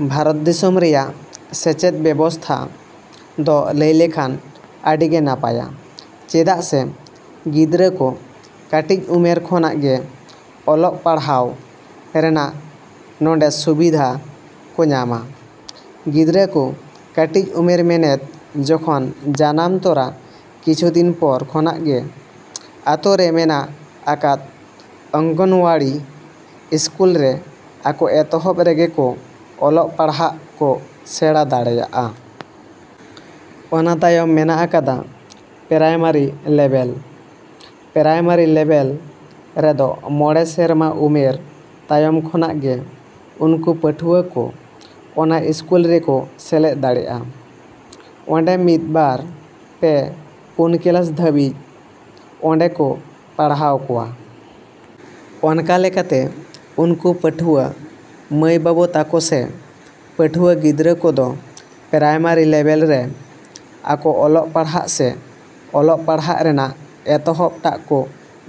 ‎ᱵᱷᱟᱨᱚᱛ ᱫᱤᱥᱚᱢ ᱨᱮᱭᱟᱜ ᱥᱮᱪᱮᱫ ᱵᱮᱵᱚᱥᱛᱷᱟ ᱫᱚ ᱞᱟᱹᱭ ᱞᱮᱠᱷᱟᱱ ᱟᱹᱰᱤᱜᱮ ᱱᱟᱯᱟᱭᱟ, ᱪᱮᱫᱟᱜ ᱥᱮ ᱜᱤᱫᱽᱨᱟᱹ ᱠᱚ ᱠᱟᱹᱴᱤᱡ ᱩᱢᱮᱨ ᱠᱷᱚᱱᱟᱜ ᱜᱮ ᱚᱞᱚᱜ ᱯᱟᱲᱦᱟᱣ ᱨᱮᱱᱟᱜ ᱱᱚᱰᱮ ᱥᱩᱵᱤᱫᱷᱟ ᱠᱚ ᱧᱟᱢᱟ᱾ ᱜᱤᱫᱽᱨᱟᱹ ᱠᱚ ᱠᱟᱹᱴᱤᱡ ᱩᱢᱮᱨ ᱢᱮᱱᱮᱫ ᱡᱚᱠᱷᱚᱱ ᱡᱟᱱᱟᱢ ᱛᱚᱨᱟ ᱠᱤᱪᱷᱩ ᱫᱤᱱ ᱯᱚᱨ ᱠᱷᱚᱱᱟᱜ ᱜᱮ ᱟᱛᱳᱨᱮ ᱢᱮᱱᱟᱜ ᱟᱠᱟᱫ ᱚᱝᱜᱚᱱᱳᱣᱟᱲᱤ ᱤᱥᱠᱩᱞ ᱨᱮ ᱟᱠᱚ ᱮᱛᱚᱦᱚᱵ ᱨᱮᱜᱮ ᱠᱚ ᱚᱞᱚᱜ ᱯᱟᱲᱦᱟᱜ ᱠᱚ ᱥᱮᱬᱟ ᱫᱟᱲᱮᱭᱟᱜᱼᱟ᱾ ᱚᱱᱟ ᱛᱟᱭᱚᱢ ᱢᱮᱱᱟᱜ ᱟᱠᱟᱫᱟ ᱯᱨᱟᱭᱢᱟᱨᱤ ᱞᱮᱵᱮᱞ᱾ ᱯᱨᱟᱭᱢᱟᱨᱤ ᱞᱮᱵᱮᱞ ᱨᱮᱫᱚ ᱢᱚᱬᱮ ᱥᱮᱨᱢᱟ ᱩᱢᱮᱨ ᱛᱟᱭᱚᱢ ᱠᱷᱚᱱᱟᱜ ᱜᱮ ᱩᱱᱠᱩ ᱯᱟᱹᱴᱷᱩᱣᱟᱹ ᱠᱚ ᱚᱱᱟ ᱤᱥᱠᱩᱞ ᱨᱮᱠᱚ ᱥᱮᱞᱮᱫ ᱫᱟᱲᱮᱜᱼᱟ᱾ ᱚᱸᱰᱮ ᱢᱤᱫ, ᱵᱟᱨ, ᱯᱮ, ᱯᱩᱱ ᱠᱞᱟᱥ ᱫᱷᱟᱹᱵᱤᱡ ᱚᱸᱰᱮ ᱠᱚ ᱯᱟᱲᱦᱟᱣ ᱠᱚᱣᱟ᱾ ᱚᱱᱠᱟ ᱞᱮᱠᱟᱛᱮ ᱩᱱᱠᱩ ᱯᱟᱹᱴᱷᱩᱣᱟᱹ ᱢᱟᱹᱭᱼᱵᱟᱹᱵᱩ ᱛᱟᱠᱚ ᱥᱮ ᱯᱟᱹᱴᱷᱩᱣᱟᱹ ᱜᱤᱫᱽᱨᱟᱹ ᱠᱚᱫᱚ ᱯᱨᱟᱭᱢᱟᱨᱤ ᱞᱮᱵᱮᱞ ᱨᱮ ᱟᱠᱚ ᱚᱞᱚᱜ ᱯᱟᱲᱦᱟᱜ ᱥᱮ ᱚᱞᱚᱜ ᱯᱟᱲᱦᱟᱜ ᱨᱮᱱᱟᱜ ᱮᱛᱚᱦᱚᱵ ᱴᱟᱜ ᱠᱚ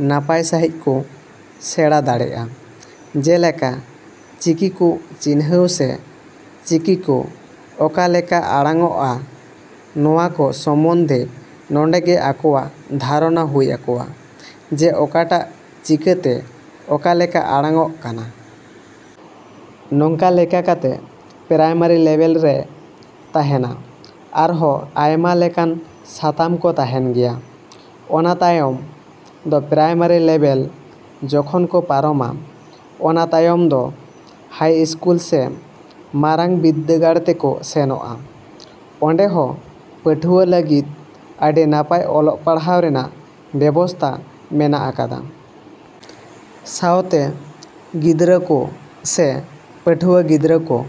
ᱱᱟᱯᱟᱭ ᱥᱟᱺᱦᱤᱡ ᱠᱚ ᱥᱮᱬᱟ ᱫᱟᱲᱮᱜᱼᱟ᱾ ᱡᱮᱞᱮᱠᱟ ᱪᱤᱠᱤ ᱠᱚ ᱪᱤᱱᱦᱟᱹᱣ ᱥᱮ ᱪᱤᱠᱤ ᱠᱚ ᱚᱠᱟ ᱞᱮᱠᱟ ᱟᱲᱟᱝ ᱚᱜᱼᱟ, ᱱᱚᱣᱟ ᱠᱚ ᱥᱚᱢᱚᱱᱫᱷᱮ ᱱᱚᱰᱮᱜᱮ ᱟᱠᱚᱣᱟᱜ ᱫᱷᱟᱨᱚᱱᱟ ᱦᱩᱭ ᱟᱠᱚᱣᱟ ᱡᱮ ᱚᱠᱟᱴᱟᱜ ᱪᱤᱠᱟᱹᱛᱮ ᱚᱠᱟ ᱞᱮᱠᱟ ᱟᱲᱟᱝ ᱚᱜ ᱠᱟᱱᱟ᱾ ᱱᱚᱝᱠᱟ ᱞᱮᱠᱟ ᱠᱟᱛᱮ ᱯᱨᱟᱭᱢᱟᱨᱤ ᱞᱮᱵᱮᱞ ᱨᱮ ᱛᱟᱦᱮᱱᱟ ᱟᱨᱦᱚᱸ ᱟᱭᱢᱟ ᱞᱮᱠᱟᱱ ᱥᱟᱛᱟᱢ ᱠᱚ ᱛᱟᱦᱮᱱ ᱜᱮᱭᱟ᱾ ᱚᱱᱟ ᱛᱟᱭᱚᱢ ᱫᱚ ᱯᱨᱟᱭᱢᱟᱨᱤ ᱞᱮᱵᱮᱞ ᱡᱚᱠᱷᱚᱱ ᱠᱚ ᱯᱟᱨᱚᱢᱟ, ᱚᱱᱟ ᱛᱟᱭᱚᱢ ᱫᱚ ᱦᱟᱭ ᱤᱥᱠᱩᱞ ᱥᱮ ᱢᱟᱨᱟᱝ ᱵᱤᱫᱽᱫᱟᱹᱜᱟᱲ ᱛᱮᱠᱚ ᱥᱮᱱᱚᱜᱼᱟ᱾ ᱚᱸᱰᱮ ᱦᱚᱸ ᱯᱟᱹᱴᱷᱩᱣᱟᱹ ᱞᱟᱹᱜᱤᱫ ᱟᱹᱰᱤ ᱱᱟᱯᱟᱭ ᱚᱞᱚᱜ ᱯᱟᱲᱦᱟᱣ ᱨᱮᱱᱟᱜ ᱵᱮᱵᱚᱥᱛᱷᱟ ᱢᱮᱱᱟᱜ ᱟᱠᱟᱫᱟ᱾ ᱥᱟᱶᱛᱮ ᱜᱤᱫᱽᱨᱟᱹ ᱠᱚ ᱥᱮ ᱯᱟᱹᱴᱷᱩᱣᱟᱹ ᱜᱤᱫᱽᱨᱟᱹ ᱠᱚ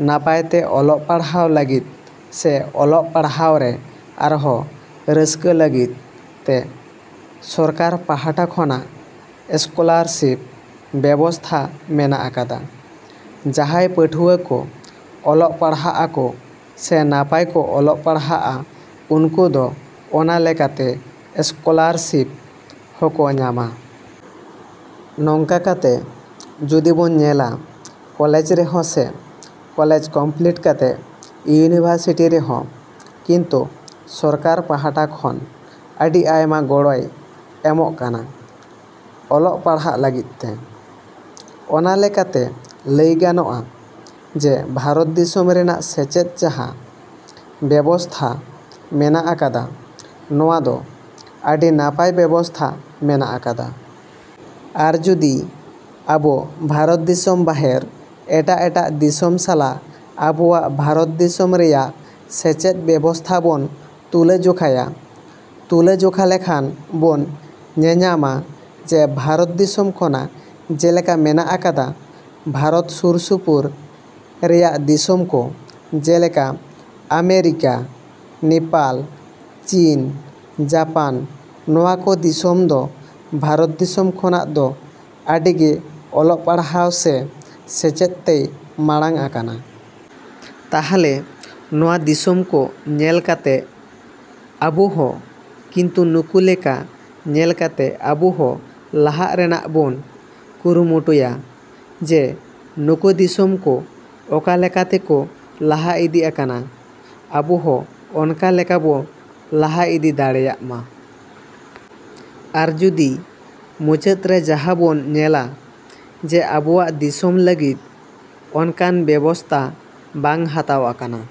ᱱᱟᱯᱟᱭᱛᱮ ᱚᱞᱚᱜ ᱯᱟᱲᱦᱟᱣ ᱞᱟᱹᱜᱤᱫ ᱥᱮ ᱚᱞᱚᱜ ᱯᱟᱲᱦᱟᱣ ᱨᱮ ᱟᱨᱦᱚᱸ ᱨᱟᱹᱥᱠᱟᱹ ᱞᱟᱹᱜᱤᱫ ᱛᱮ ᱥᱚᱨᱠᱟᱨ ᱯᱟᱦᱴᱟ ᱠᱷᱚᱱᱟᱜ ᱥᱠᱚᱞᱟᱨᱥᱤᱯ ᱵᱮᱵᱚᱥᱛᱷᱟ ᱢᱮᱱᱟᱜ ᱟᱠᱟᱫᱟ᱾ ᱡᱟᱦᱟᱸᱭ ᱯᱟᱹᱴᱷᱩᱣᱟᱹ ᱠᱚ ᱚᱞᱚᱜ ᱯᱟᱲᱦᱟᱜ ᱟᱠᱚ ᱥᱮ ᱱᱟᱯᱟᱭ ᱠᱚ ᱚᱞᱚᱜ ᱯᱟᱲᱦᱟᱜᱼᱟ, ᱩᱱᱠᱩ ᱫᱚ ᱚᱱᱟ ᱞᱮᱠᱟᱛᱮ ᱥᱠᱚᱞᱟᱨᱥᱤᱯ ᱦᱚᱸᱠᱚ ᱧᱟᱢᱟ᱾ ᱱᱚᱝᱠᱟ ᱠᱟᱛᱮ ᱡᱩᱫᱤ ᱵᱚᱱ ᱧᱮᱞᱟ, ᱠᱚᱞᱮᱡᱽ ᱨᱮᱦᱚᱸ ᱥᱮ ᱠᱚᱞᱮᱡᱽ ᱠᱚᱢᱯᱞᱤᱴ ᱠᱟᱛᱮ ᱤᱭᱩᱱᱤᱵᱷᱟᱨᱥᱤᱴᱤ ᱨᱮᱦᱚᱸ ᱠᱤᱱᱛᱩ ᱥᱚᱨᱠᱟᱨ ᱯᱟᱦᱴᱟ ᱠᱷᱚᱱ ᱟᱹᱰᱤ ᱟᱭᱢᱟ ᱜᱚᱲᱚᱭ ᱮᱢᱚᱜ ᱠᱟᱱᱟ ᱚᱞᱚᱜ ᱯᱟᱲᱦᱟᱜ ᱞᱟᱹᱜᱤᱫ ᱛᱮ᱾ ᱚᱱᱟ ᱞᱮᱠᱟᱛᱮ ᱞᱟᱹᱭ ᱜᱟᱱᱚᱜᱼᱟ ᱡᱮ ᱵᱷᱟᱨᱚᱛ ᱫᱤᱥᱚᱢ ᱨᱮᱭᱟᱜ ᱥᱮᱪᱮᱫ ᱡᱟᱦᱟᱸ ᱵᱮᱵᱚᱥᱛᱷᱟ ᱢᱮᱱᱟᱜ ᱟᱠᱟᱫᱟ, ᱱᱚᱣᱟ ᱫᱚ ᱟᱹᱰᱤ ᱱᱟᱯᱟᱭ ᱵᱮᱵᱚᱥᱛᱷᱟ ᱢᱮᱱᱟᱜ ᱟᱠᱟᱫᱟ᱾ ᱟᱨ ᱡᱩᱫᱤ ᱟᱵᱚ ᱵᱷᱟᱨᱚᱛ ᱫᱤᱥᱚᱢ ᱵᱟᱦᱮᱨ ᱮᱴᱟᱜᱼᱮᱴᱟᱜ ᱫᱤᱥᱚᱢ ᱥᱟᱞᱟᱜ ᱟᱵᱚᱣᱟᱜ ᱵᱷᱟᱨᱚᱛ ᱫᱤᱥᱚᱢ ᱨᱮᱭᱟᱜ ᱥᱮᱪᱮᱫ ᱵᱮᱵᱚᱥᱛᱷᱟ ᱵᱚᱱ ᱛᱩᱞᱟᱹᱡᱚᱠᱷᱟᱭᱟ, ᱛᱩᱞᱟᱹᱡᱚᱠᱷᱟ ᱞᱮᱠᱷᱟᱱ ᱵᱚᱱ ᱧᱮᱧᱟᱢᱟ ᱡᱮ ᱵᱷᱟᱨᱚᱛ ᱠᱷᱚᱱᱟᱜ ᱡᱮᱞᱮᱠᱟ ᱢᱮᱱᱟᱜ ᱟᱠᱟᱫᱟ ᱵᱷᱟᱨᱚᱛ ᱥᱩᱨ ᱥᱩᱯᱩᱨ ᱨᱮᱭᱟᱜ ᱫᱤᱥᱚᱢ ᱠᱚ ᱡᱮᱞᱮᱠᱟ ᱟᱢᱮᱨᱤᱠᱟ, ᱱᱮᱯᱟᱞ, ᱪᱤᱱ, ᱡᱟᱯᱟᱱ, ᱱᱚᱣᱟ ᱠᱚ ᱫᱤᱥᱚᱢ ᱫᱚ ᱵᱷᱟᱨᱚᱛ ᱫᱤᱥᱚᱢ ᱠᱷᱚᱱᱟᱜ ᱫᱚ ᱟᱹᱰᱤᱜᱮ ᱚᱞᱚᱜ ᱯᱟᱲᱦᱟᱜ ᱥᱮ ᱥᱮᱪᱮᱫ ᱛᱮᱭ ᱢᱟᱲᱟᱝ ᱟᱠᱟᱱᱟ᱾ ᱛᱟᱦᱞᱮ ᱱᱚᱣᱟ ᱫᱤᱥᱚᱢ ᱠᱚ ᱧᱮᱞ ᱠᱟᱛᱮᱜ ᱟᱵᱚ ᱦᱚᱸ ᱠᱤᱱᱛᱩ ᱱᱩᱠᱩ ᱞᱮᱠᱟ ᱧᱮᱞ ᱠᱟᱛᱮ ᱟᱵᱚᱦᱚᱸ ᱞᱟᱦᱟᱜ ᱨᱮᱱᱟᱜ ᱵᱚᱱ ᱠᱩᱨᱩᱢᱩᱴᱩᱭᱟ ᱡᱮ ᱩᱱᱠᱩ ᱫᱤᱥᱚᱢ ᱠᱚ ᱚᱠᱟ ᱞᱮᱠᱟ ᱛᱮᱠᱚ ᱞᱟᱦᱟ ᱤᱫᱤ ᱟᱠᱟᱱᱟ, ᱟᱵᱚᱦᱚᱸ ᱚᱱᱠᱟ ᱞᱮᱠᱟ ᱵᱚᱱ ᱞᱟᱦᱟ ᱤᱫᱤ ᱫᱟᱲᱮᱭᱟᱜ ᱢᱟ᱾ ᱟᱨ ᱡᱩᱫᱤ ᱢᱩᱪᱟᱹᱫ ᱨᱮ ᱡᱟᱦᱟᱸ ᱵᱚᱱ ᱧᱮᱞᱟ ᱡᱮ ᱟᱵᱚᱣᱟᱜ ᱫᱤᱥᱚᱢ ᱞᱟ.ᱜᱤᱫ ᱚᱱᱠᱟᱱ ᱵᱮᱵᱚᱥᱛᱟ ᱵᱟᱝ ᱦᱟᱛᱟᱣ ᱟᱠᱟᱱᱟ ᱾